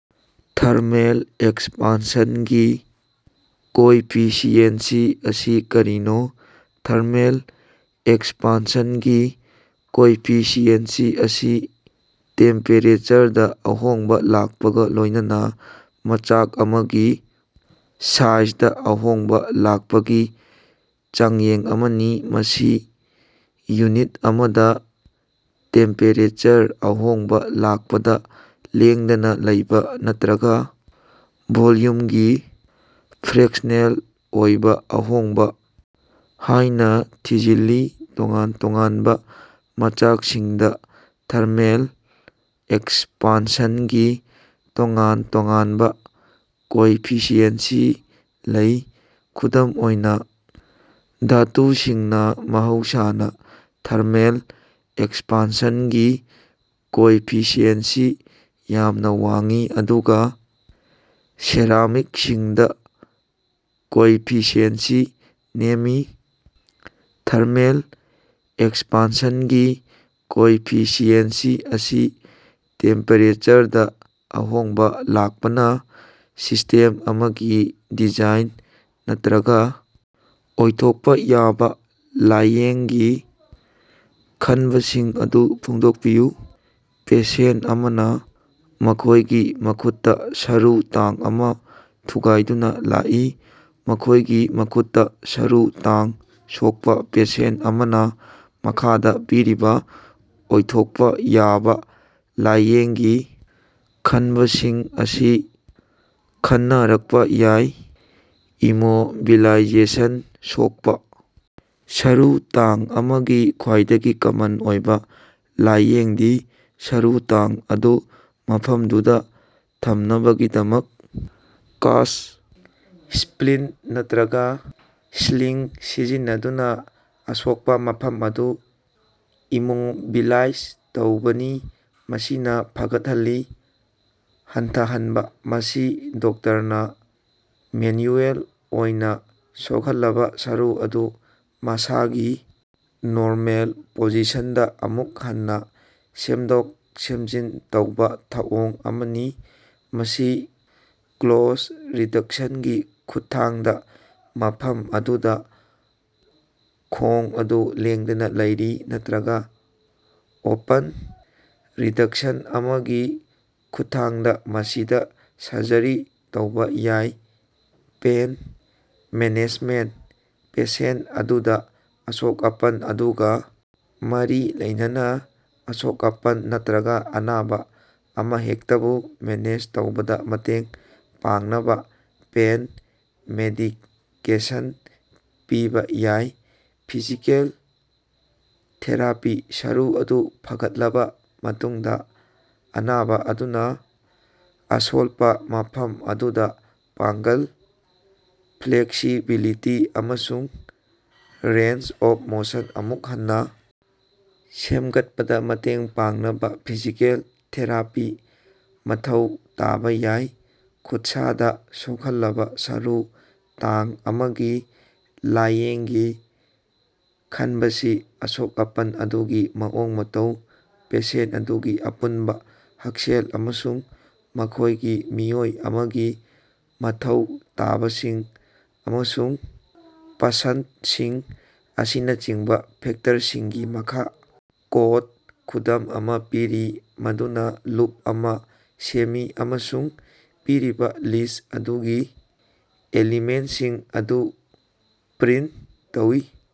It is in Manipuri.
ꯊꯔꯃꯦꯜ ꯑꯦꯛꯁꯄꯥꯟꯁꯟꯒꯤ ꯀꯣꯏꯐꯤꯁꯤꯑꯦꯟꯁꯤ ꯑꯁꯤ ꯀꯔꯤꯅꯣ? ꯊꯔꯃꯦꯜ ꯑꯦꯛꯁꯄꯥꯟꯁꯟꯒꯤ ꯀꯣꯏꯐꯤꯁꯤꯑꯦꯟꯁꯤ ꯑꯁꯤ ꯇꯦꯝꯄꯦꯔꯦꯆꯔꯗ ꯑꯍꯣꯡꯕ ꯂꯥꯛꯄꯒ ꯂꯣꯏꯅꯅ ꯃꯆꯥꯛ ꯑꯃꯒꯤ ꯁꯥꯏꯖꯗ ꯑꯍꯣꯡꯕ ꯂꯥꯛꯄꯒꯤ ꯆꯥꯡꯌꯦꯡ ꯑꯃꯅꯤ꯫ ꯃꯁꯤ ꯌꯨꯅꯤꯠ ꯑꯃꯗ ꯇꯦꯝꯄꯦꯔꯦꯆꯔ ꯑꯍꯣꯡꯕ ꯂꯥꯛꯄꯗ ꯂꯦꯡꯗꯅ ꯂꯩꯕ ꯅꯠꯇ꯭ꯔꯒ ꯚꯣꯜꯌꯨꯝꯒꯤ ꯐ꯭ꯔꯦꯛꯁꯅꯦꯜ ꯑꯣꯏꯕ ꯑꯍꯣꯡꯕ ꯍꯥꯏꯅ ꯊꯤꯖꯤꯜꯂꯤ꯫ ꯇꯣꯉꯥꯟ-ꯇꯣꯉꯥꯟꯕ ꯃꯆꯥꯛꯁꯤꯡꯗ ꯊꯔꯃꯦꯜ ꯑꯦꯛꯁꯄꯥꯟꯁꯟꯒꯤ ꯇꯣꯉꯥꯟ-ꯇꯣꯉꯥꯟꯕ ꯀꯣꯏꯐꯤꯁꯤꯑꯦꯟꯁꯤ ꯂꯩ꯫ ꯈꯨꯗꯝ ꯑꯣꯏꯅ ꯙꯥꯇꯨꯁꯤꯡꯅ ꯃꯍꯧꯁꯥꯅ ꯊꯔꯃꯦꯜ ꯑꯦꯛꯁꯄꯥꯟꯁꯟꯒꯤ ꯀꯣꯏꯐꯤꯁꯤꯑꯦꯟꯁꯤ ꯌꯥꯝꯅ ꯋꯥꯡꯏ ꯑꯗꯨꯒ ꯁꯦꯔꯥꯃꯤꯛꯁꯤꯡꯗ ꯀꯣꯏꯐꯤꯁꯤꯑꯦꯟꯁꯤ ꯅꯦꯝꯃꯤ꯫ ꯊꯔꯃꯦꯜ ꯑꯦꯛꯁꯄꯥꯟꯁꯟꯒꯤ ꯀꯣꯏꯐꯤꯁꯤꯑꯦꯟꯁꯤ ꯑꯁꯤ ꯇꯦꯝꯄꯦꯔꯦꯆꯔꯗ ꯑꯍꯣꯡꯕ ꯂꯥꯛꯄꯅ ꯁꯤꯁꯇꯦꯝ ꯑꯃꯒꯤ ꯗꯤꯖꯥꯏꯟ ꯅꯠꯇ꯭ꯔꯒ ꯑꯣꯏꯊꯣꯛꯄ ꯌꯥꯕ ꯂꯥꯏꯌꯦꯡꯒꯤ ꯈꯟꯕꯁꯤꯡ ꯑꯗꯨ ꯐꯣꯡꯗꯣꯛꯄꯤꯌꯨ꯫ ꯄꯦꯁꯦꯟꯇ ꯑꯃꯅ ꯃꯈꯣꯏꯒꯤ ꯃꯈꯨꯠꯇ ꯁꯔꯨ ꯇꯥꯡ ꯑꯃ ꯊꯨꯒꯥꯏꯗꯨꯅ ꯂꯥꯛꯏ꯫ ꯃꯈꯣꯏꯒꯤ ꯃꯈꯨꯠꯇ ꯁꯔꯨ ꯇꯥꯡ ꯁꯣꯛꯄ ꯄꯦꯁꯦꯟꯇ ꯑꯃꯅ ꯃꯈꯥꯗ ꯄꯤꯔꯤꯕ ꯑꯣꯏꯊꯣꯛꯄ ꯌꯥꯕ ꯂꯥꯏꯌꯦꯡꯒꯤ ꯈꯟꯕꯁꯤꯡ ꯑꯁꯤ ꯈꯟꯅꯔꯛꯄ ꯌꯥꯏ: ꯏꯃꯣꯕꯤꯂꯥꯏꯖꯦꯁꯟ: ꯁꯣꯛꯄ ꯁꯔꯨ ꯇꯥꯡ ꯑꯃꯒꯤ ꯈ꯭ꯋꯥꯏꯗꯒꯤ ꯀꯃꯟ ꯑꯣꯏꯕ ꯂꯥꯏꯌꯦꯡꯗꯤ, ꯁꯔꯨ ꯇꯥꯡ ꯑꯗꯨ ꯃꯐꯝꯗꯨꯗ ꯊꯝꯅꯕꯒꯤꯗꯃꯛ ꯀꯥꯁ꯭ꯠ, ꯁ꯭ꯄꯂꯤꯟꯇ ꯅꯠꯇ꯭ꯔꯒ ꯁ꯭ꯂꯤꯡ ꯁꯤꯖꯤꯟꯅꯗꯨꯅ ꯑꯁꯣꯛꯄ ꯃꯐꯝ ꯑꯗꯨ ꯏꯃꯣꯕꯤꯂꯥꯏꯖ ꯇꯧꯕꯅꯤ꯫ ꯃꯁꯤꯅ ꯐꯒꯠꯍꯜꯂꯤ꯫ ꯍꯟꯊꯍꯟꯕ: ꯃꯁꯤ ꯗꯣꯛꯇꯔꯅ ꯃꯦꯟꯌꯨꯑꯦꯜ ꯑꯣꯏꯅ ꯁꯣꯛꯍꯜꯂꯕ ꯁꯔꯨ ꯑꯗꯨ ꯃꯁꯥꯒꯤ ꯅꯣꯔꯃꯦꯜ ꯄꯣꯖꯤꯁꯟꯗ ꯑꯃꯨꯛ ꯍꯟꯅ ꯁꯦꯝꯗꯣꯛ-ꯁꯦꯝꯖꯤꯟ ꯇꯧꯕ ꯊꯧꯑꯣꯡ ꯑꯃꯅꯤ꯫ ꯃꯁꯤ ꯀ꯭ꯂꯣꯖꯗ ꯔꯤꯗꯛꯁꯟꯒꯤ ꯈꯨꯠꯊꯥꯡꯗ ꯃꯐꯝ ꯑꯗꯨꯗ ꯈꯣꯡ ꯑꯗꯨ ꯂꯦꯡꯗꯅ ꯂꯩꯔꯤ ꯅꯠꯇ꯭ꯔꯒ ꯑꯣꯄꯟ ꯔꯤꯗꯛꯁꯟ ꯑꯃꯒꯤ ꯈꯨꯠꯊꯥꯡꯗ ꯃꯁꯤꯗ ꯁꯔꯖꯔꯤ ꯇꯧꯕ ꯌꯥꯏ꯫ ꯄꯦꯟ ꯃꯦꯅꯦꯖꯃꯦꯟꯇ: ꯄꯦꯁꯦꯟꯇ ꯑꯗꯨꯗ ꯑꯁꯣꯛ-ꯑꯄꯟ ꯑꯗꯨꯒ ꯃꯔꯤ ꯂꯩꯅꯕ ꯑꯁꯣꯛ-ꯑꯄꯟ ꯅꯠꯇ꯭ꯔꯒ ꯑꯅꯥꯕ ꯑꯃꯍꯦꯛꯇꯕꯨ ꯃꯦꯅꯦꯖ ꯇꯧꯕꯗ ꯃꯇꯦꯡ ꯄꯥꯡꯅꯕ ꯄꯦꯟ ꯃꯦꯗꯤꯀꯦꯁꯟ ꯄꯤꯕ ꯌꯥꯏ꯫ ꯐꯤꯖꯤꯀꯦꯜ ꯊꯦꯔꯥꯄꯤ: ꯁꯔꯨ ꯑꯗꯨ ꯐꯒꯠꯂꯕ ꯃꯇꯨꯡꯗ, ꯑꯅꯥꯕ ꯑꯗꯨꯅ ꯑꯁꯣꯜꯄ ꯃꯐꯝ ꯑꯗꯨꯗ ꯄꯥꯡꯒꯜ, ꯐ꯭ꯂꯦꯛꯁꯤꯕꯤꯂꯤꯇꯤ ꯑꯃꯁꯨꯡ ꯔꯦꯟꯖ ꯑꯣꯐ ꯃꯣꯁꯟ ꯑꯃꯨꯛ ꯍꯟꯅ ꯁꯦꯝꯒꯠꯄꯗ ꯃꯇꯦꯡ ꯄꯥꯡꯅꯕ ꯐꯤꯖꯤꯀꯦꯜ ꯊꯦꯔꯥꯄꯤ ꯃꯊꯧ ꯇꯥꯕ ꯌꯥꯏ꯫ ꯈꯨꯠꯁꯥꯗ ꯁꯣꯛꯍꯜꯂꯕ ꯁꯔꯨ ꯇꯥꯡ ꯑꯃꯒꯤ ꯂꯥꯏꯌꯦꯡꯒꯤ ꯈꯟꯕꯁꯤ ꯑꯁꯣꯛ-ꯑꯄꯟ ꯑꯗꯨꯒꯤ ꯃꯑꯣꯡ-ꯃꯇꯧ, ꯄꯦꯁꯦꯟꯇ ꯑꯗꯨꯒꯤ ꯑꯄꯨꯟꯕ ꯍꯛꯁꯦꯜ ꯑꯃꯁꯨꯡ ꯃꯈꯣꯢꯒꯤ ꯃꯤꯑꯣꯏ ꯑꯃꯒꯤ ꯃꯊꯧ ꯇꯥꯕꯁꯤꯡ ꯑꯃꯁꯨꯡ ꯄꯁꯟꯗꯁꯤꯡ ꯑꯁꯤꯅꯆꯤꯡꯕ ꯐꯦꯛꯇꯔꯁꯤꯡꯒꯤ ꯃꯈꯥ ꯀꯣꯗ ꯈꯨꯗꯝ ꯑꯃ ꯄꯤꯔꯤ ꯃꯗꯨꯅ ꯂꯨꯞ ꯑꯃ ꯁꯦꯝꯃꯤ ꯑꯃꯁꯨꯡ ꯄꯤꯔꯤꯕ ꯂꯤꯁ꯭ꯠ ꯑꯗꯨꯒꯤ ꯑꯦꯂꯤꯃꯦꯟꯇꯁꯤꯡ ꯑꯗꯨ ꯄ꯭ꯔꯤꯟꯇ ꯇꯧꯏ꯫